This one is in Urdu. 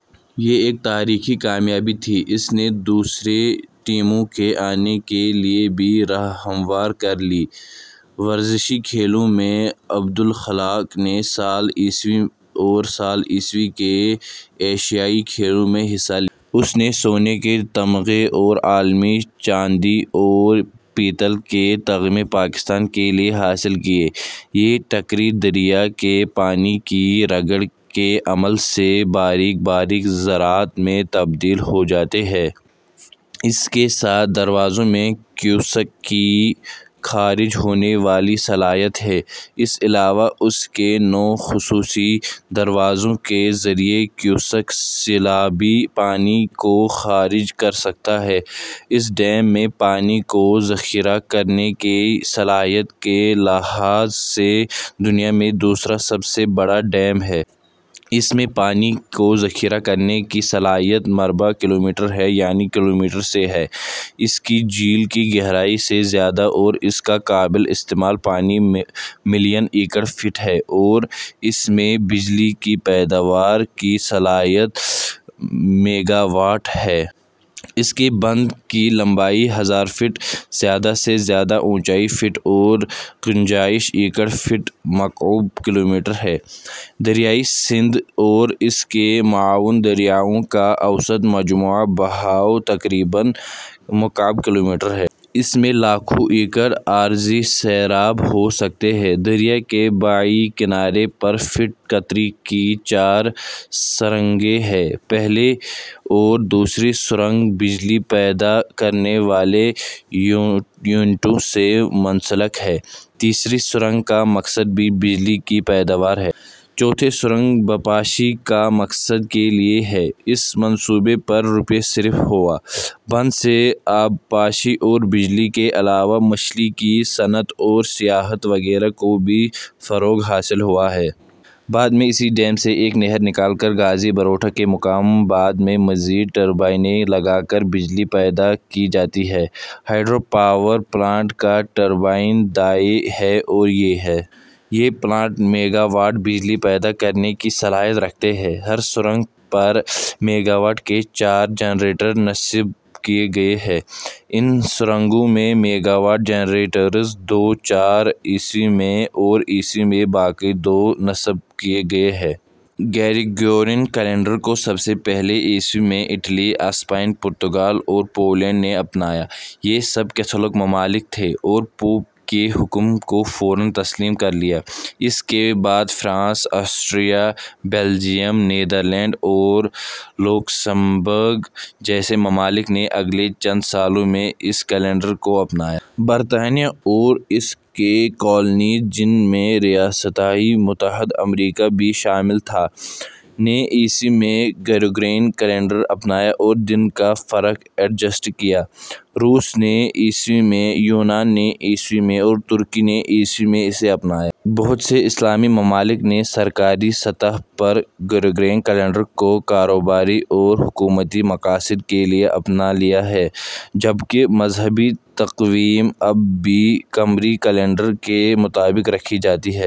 یہ ایک تاریخی کامیابی تھی۔ اس نے دوسری ٹیموں کے آنے کے لیے بھی راہ ہموار کر لی۔ ورزشی کھیلوں میں عبد الخالق نے سال ء اور سال ء کے ایشیائی کھیلوں میں حصہ لیا۔ اس نے سونے کے طمغے اور عالمی چاندی اور پیتل کے طمغے پاکستان کے لیے حاصل کیے۔ یہ ٹکرے دریا کے پانی کی رگڑ کے عمل سے باریک باریک زرات میں تبدیل ہوجاتے ہیں۔ اس کے سات دروازوں میں کیوسک کی خارج ہونے والی صلاحیت ہے۔ اس علاوہ اس کے نو خصوصی دروازوں کے ذریعہ کیوسک سیلابی پانی کو خارج کر سکتا ہے۔ اس ڈیم میں پانی کو ذخیرہ کرنے کی صلاحیت کے لحاظ سے دنیا میں دوسرا سب سے بڑا ڈیم ہے۔ اس میں پانی کو ذخیرہ کرنے کی صلاحیت;; مربع کلومیٹر ہے یعنی کلومیٹر سے ہے۔ اس کی جھیل کی گہرائی, سے زیادہ اور اس کا قابل استعمال پانی ملین ایکڑ فٹ ہے اور اس میں بجلی کی پیداوار کی صلاحیت میگاواٹ ہے۔ اس کے بند کی لمبائی ہزار فٹ، زیادہ سے زیادہ اونچائی فٹ اور گنجائش ایکڑ فٹ مکعب کلومیٹر ہے۔ دریائے سندھ اور اس کے معاون دریاءوں کا اوسط مجموعی بہاءو تقریباً مکعب کلومیٹر ہے۔ اس میں لاکھوں ایکڑ اراضی سیراب ہو سکتی ہے۔ دریا کے بائیں کنارے پر فٹ قطر کی چار سرنگیں ہیں۔ پہلی اور دوسری سرنگ بجلی پیدا کرنے والے یونٹوں سے منسلک ہے۔ تیسری سرنگ کا مقصد بھی بجلی کی پیداوار ہے۔ چوتھی سرنگ; ;بباشی کے مقصد کے لیے ہے۔ اس منصوبے پر; \; روپیہ صرف ہوا۔ بند سے آبپاشی اور بجلی کے علاوہ مچھلی کی صنعت اور سیاحت وغیرہ کو بھی فروغ حاصل ہوا ہے۔ بعد میں اسی ڈیم سے ایک نہر نکال کر غازی بروتھا کے مقام بعد میں مزید ٹربائنیں لگا کر بجلی پیدا کی جاتی ہے۔ ہائیڈرو پاور پلانٹ کا ٹربائیں دائیں ہیں اور یہ ہیں۔ یہ پلانٹ ، میگاواٹ بجلی پیدا کرنے کی صلاحیت رکھتے ہیں۔ ہر سرنگ پر میگاواٹ کے چار جنریٹر نصب کیے گئے تھے۔ ان سرنگوں می میگاواٹ جنریٹرز دو، چار ء میں اور ء میں باقی دو نصب کیے گئے۔ گریگورین کیلنڈر کو سب سے پہلے ء میں اٹلی ، اسپین ، پرتگال اور پولینڈ نے اپنایا۔ یہ سب کیتھولک ممالک تھے اور پوپ کے حکم کو فوراً تسلیم کر لیا۔ اس کے بعد فرانس ، آسٹریا ، بیلجیم ، نیدرلینڈز اور لوکسمبرگ جیسے ممالک نے اگلے چند سالوں میں اس کیلنڈر کو اپنایا۔ برطانیہ اور اس کی کالونیز، جن میں ریاستہائے متحدہ امریکہ بھی شامل تھا، نے ء میں گریگورین کیلنڈر اپنایا اور دن کا فرق ایڈجسٹ کیا۔ روس نے ء میں، یونان نے ء میں اور ترکی نے ء میں اسے اپنایا۔ بہت سے اسلامی ممالک نے سرکاری سطح پر گریگورین کیلنڈر کو کاروباری اور حکومتی مقاصد کے لیے اپنا لیا ہے، جبکہ مذہبی تقویم اب بھی قمری کیلنڈر کے مطابق رکھی جاتی ہے۔